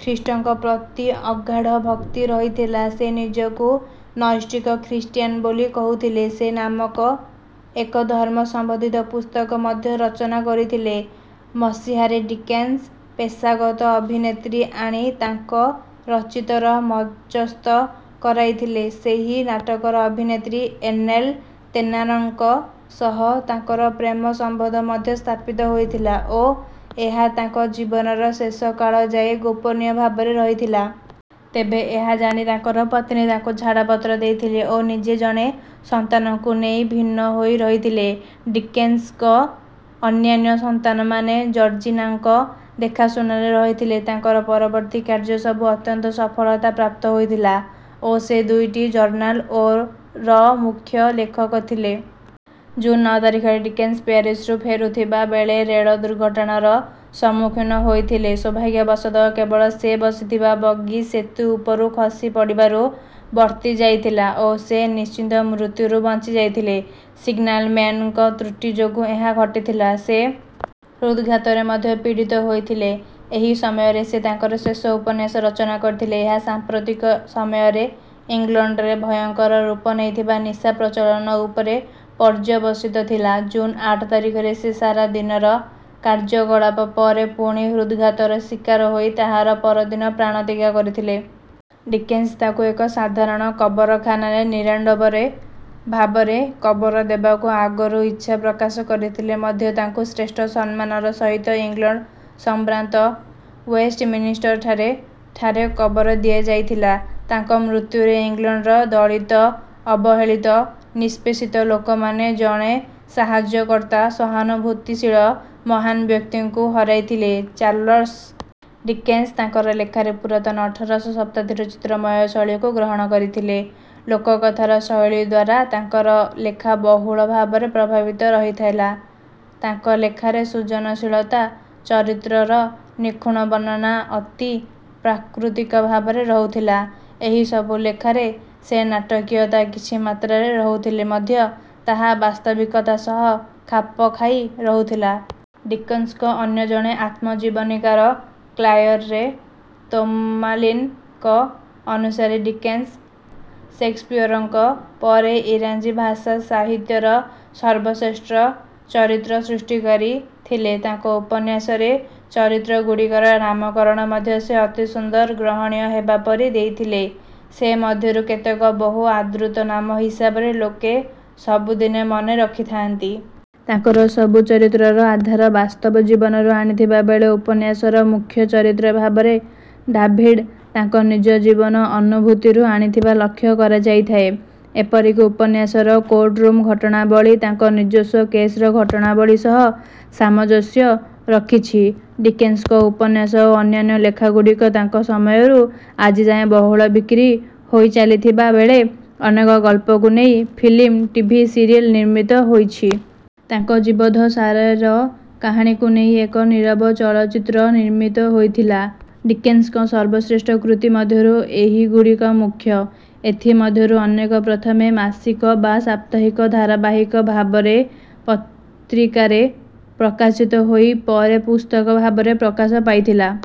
ଖ୍ରୀଷ୍ଟଙ୍କ ପ୍ରତି ଅଗାଢ଼ ଭକ୍ତି ରହିଥିଲା। ସେ ନିଜକୁ ନୈଷ୍ଠିକ ଖ୍ରୀଷ୍ଟିୟାନ୍ ବୋଲି କହୁଥିଲେ। ସେ ନାମକ ଏକ ଧର୍ମ ସମ୍ବନ୍ଧିତ ପୁସ୍ତକ ମଧ୍ୟ ରଚନା କରିଥିଲେ। ମସିହାରେ ଡିକେନ୍ସ ପେଶାଗତ ଅଭିନେତ୍ରୀ ଆଣି ତାଙ୍କ ରଚିତ ର ମଞ୍ଚସ୍ଥ କରାଇଥିଲେ। ସେହି ନାଟକର ଅଭିନେତ୍ରୀ ଏଲେନ୍ ତେର୍ନାନଙ୍କ ସହ ତାଙ୍କର ପ୍ରେମ ସମ୍ବନ୍ଧ ମଧ୍ୟ ସ୍ଥାପିତ ହୋଇଥିଲା ଓ ଏହା ତାଙ୍କ ଜୀବନର ଶେଷ କାଳ ଯାଏ ଗୋପନୀୟ ଭାବରେ ରହିଥିଲା। ତେବେ ଏହା ଜାଣି ତାଙ୍କର ପତ୍ନୀ ତାଙ୍କୁ ଛାଡ଼ପତ୍ର ଦେଇଥିଲେ ଓ ନିଜେ ଜଣେ ସନ୍ତାନକୁ ନେଇ ଭିନ୍ନ ହୋଇ ରହିଥିଲେ। ଡିକେନ୍ସଙ୍କ ଅନ୍ୟାନ୍ୟ ସନ୍ତାନମାନେ ଜର୍ଜିନାଙ୍କ ଦେଖାଶୁଣାରେ ରହିଲେ। ତାଙ୍କର ପରବର୍ତ୍ତୀ କାର୍ଯ୍ୟ ସବୁ ଅତ୍ୟନ୍ତ ସଫଳତା ପ୍ରାପ୍ତ ହୋଇଥିଲା ଓ ସେ ଦୁଇଟି ଜର୍ନାଲ ଓ ର ମୁଖ୍ୟ ଲେଖକ ଥିଲେ। ଜୁନ୍ ନଅ ତାରିଖରେ ଡିକେନ୍ସ ପ୍ୟାରିସ୍‌ରୁ ଫେରୁଥିବା ବେଳେ ରେଳ ଦୁର୍ଘଟଣାର ସମ୍ମୁଖୀନ ହୋଇଥିଲେ। ସୌଭାଗ୍ୟବଶତଃ, କେବଳ ସେ ବସିଥିବା ବଗି ସେତୁ ଉପରୁ ଖସି ପଡ଼ିବାରୁ ବର୍ତ୍ତି ଯାଇଥିଲା ଓ ସେ ନିଶ୍ଚିତ ମୃତ୍ୟୁରୁ ବଞ୍ଚିଯାଇଥିଲେ। ସିଗ୍ନାଲ୍ ମ୍ୟାନ୍‌ଙ୍କ ତ୍ରୁଟି ଯୋଗୁଁ ଏହା ଘଟିଥିଲା। ସେ ହୃଦ୍‌ଘାତରେ ମଧ୍ୟ ପୀଡ଼ିତ ହୋଇଥିଲେ। ଏହି ସମୟରେ ସେ ତାଙ୍କର ଶେଷ ଉପନ୍ୟାସ ରଚନା କରିଥିଲେ। ଏହା ସାମ୍ପ୍ରତିକ ସମୟରେ ଇଂଲଣ୍ଡରେ ଭୟଙ୍କର ରୂପ ନେଇଥିବା ନିଶା ପ୍ରଚଳନ ଉପରେ ପର୍ଯ୍ୟବସିତ ଥିଲା। ଜୁନ୍ ଆଠ ତାରିଖରେ ସେ ସାରା ଦିନର କାର୍ଯ୍ୟକଳାପ ପରେ ପୁଣି ହୃଦ୍‌ଘାତର ଶିକାର ହୋଇ ତାହାର ପରଦିନ ପ୍ରାଣତ୍ୟାଗ କରିଥିଲେ। ଡିକେନ୍ସ ତାଙ୍କୁ ଏକ ସାଧାରଣ କବରଖାନାରେ ନିରାଡ଼ମ୍ବର ଭାବରେ କବର ଦେବାକୁ ଆଗରୁ ଇଚ୍ଛା ପ୍ରକାଶ କରିଥିଲେ ମଧ୍ୟ ତାଙ୍କୁ ଶ୍ରେଷ୍ଠ ସମ୍ମାନର ସହିତ ଇଂଲଣ୍ଡର ସମ୍ଭ୍ରାନ୍ତ ୱେଷ୍ଟମିନ୍‌ଷ୍ଟରଠାରେ ଠାରେ କବର ଦିଆଯାଇଥିଲା। ତାଙ୍କ ମୃତ୍ୟୁରେ ଇଂଲଣ୍ଡର ଦଳିତ, ଅବହେଳିତ, ନିଷ୍ପେଷିତ ଲୋକମାନେ ଜଣେ ସାହାଯ୍ୟକର୍ତ୍ତା, ସହାନୁଭୂତିଶୀଳ ମହାନ ବ୍ୟକ୍ତିଙ୍କୁ ହରାଇଥିଲେ। ଚାର୍ଲସ୍ ଡିକେନ୍ସ ତାଙ୍କର ଲେଖାରେ ପୁରାତନ ଅଠରଶ ଶତାବ୍ଦୀର ଚିତ୍ରମୟ ଶୈଳୀକୁ ଗ୍ରହଣ କରିଥିଲେ। ଲୋକକଥାର ଶୈଳୀ ଦ୍ୱାରା ତାଙ୍କର ଲେଖା ବହୁଳ ଭାବରେ ପ୍ରଭାବିତ ରହିଥିଲା। ତାଙ୍କ ଲେଖାରେ ସୃଜନଶୀଳତା, ଚରିତ୍ରର ନିଖୁଣ ବର୍ଣ୍ଣନା ଅତି ପ୍ରାକୃତିକ ଭାବରେ ରହୁଥିଲା। ଏହିସବୁ ଲେଖାରେ ସେ ନାଟକୀୟତା କିଛି ମାତ୍ରାରେ ରଖୁଥିଲେ ମଧ୍ୟ ତାହା ବାସ୍ତବିକତା ସହ ଖାପ ଖାଇ ରହୁଥିଲା। ଡିକେନ୍ସଙ୍କ ଅନ୍ୟ ଜଣେ ଆତ୍ମଜୀବନୀକାର କ୍ଲାୟରେ ତୋମାଲିନ୍ ଙ୍କ ଅନୁସାରେ ଡିକେନ୍ସ ଷେକ୍ସପିୟରଙ୍କ ପରେ ଇଂରାଜୀ ଭାଷା ସାହିତ୍ୟର ସର୍ବଶ୍ରେଷ୍ଠ ଚରିତ୍ର ସୃଷ୍ଟିକାରୀ ଥିଲେ। ତାଙ୍କ ଉପନ୍ୟାସରେ ଚରିତ୍ରଗୁଡ଼ିକର ନାମକରଣ ମଧ୍ୟ ସେ ଅତି ସୁନ୍ଦର, ଗ୍ରହଣୀୟ ହେବା ପରି ଦେଇଥିଲେ। ସେମଧ୍ୟରୁ କେତେକ ବହୁ ଆଦୃତ ନାମ ହିସାବରେ ଲୋକେ ସବୁଦିନେ ମନେ ରଖିଥାନ୍ତି। ତାଙ୍କର ସବୁ ଚରିତ୍ରର ଆଧାର ବାସ୍ତବ ଜୀବନରୁ ଆଣିଥିବା ବେଳେ ଉପନ୍ୟାସର ମୁଖ୍ୟ ଚରିତ୍ର ଭାବରେ ଡାଭିଡ୍ ତାଙ୍କ ନିଜ ଜୀବନ ଅନୁଭୂତିରୁ ଆଣିଥିବା ଲକ୍ଷ୍ୟ କରାଯାଇଥାଏ। ଏପରିକି ଉପନ୍ୟାସର କୋର୍ଟରୁମ୍ ଘଟଣାବଳୀ ତାଙ୍କ ନିଜସ୍ୱ କେସ୍‌ର ଘଟଣାବଳୀ ସହ ସାମଞ୍ଜସ୍ୟ ରଖିଛି। ଡିକେନ୍ସଙ୍କ ଉପନ୍ୟାସ ଓ ଅନ୍ୟାନ୍ୟ ଲେଖାଗୁଡ଼ିକ ତାଙ୍କ ସମୟରୁ ଆଜିଯାଏ ବହୁଳ ବିକ୍ରି ହୋଇଚାଲିଥିବା ବେଳେ ଅନେକ ଗଳ୍ପକୁ ନେଇ ଫିଲ୍ମ, ଟିଭି ସିରିଏଲ୍ ନିର୍ମିତ ହୋଇଛି। ତାଙ୍କ ଜୀବଦ୍ଦଶାରେ ର କାହାଣୀକୁ ନେଇ ଏକ ନୀରବ ଚଳଚ୍ଚିତ୍ର ନିର୍ମିତ ହୋଇଥିଲା। ଡିକେନ୍ସଙ୍କ ସର୍ବଶ୍ରେଷ୍ଠ କୃତି ମଧ୍ୟରୁ ଏହିଗୁଡ଼ିକ ମୁଖ୍ୟ। ଏଥିମଧ୍ୟରୁ ଅନେକ ପ୍ରଥମେ ମାସିକ ବା ସାପ୍ତାହିକ ଧାରାବାହିକ ଭାବରେ ପତ୍ରିକାରେ ପ୍ରକାଶିତ ହୋଇ ପରେ ପୁସ୍ତକ ଭାବରେ ପ୍ରକାଶ ପାଇଥିଲା।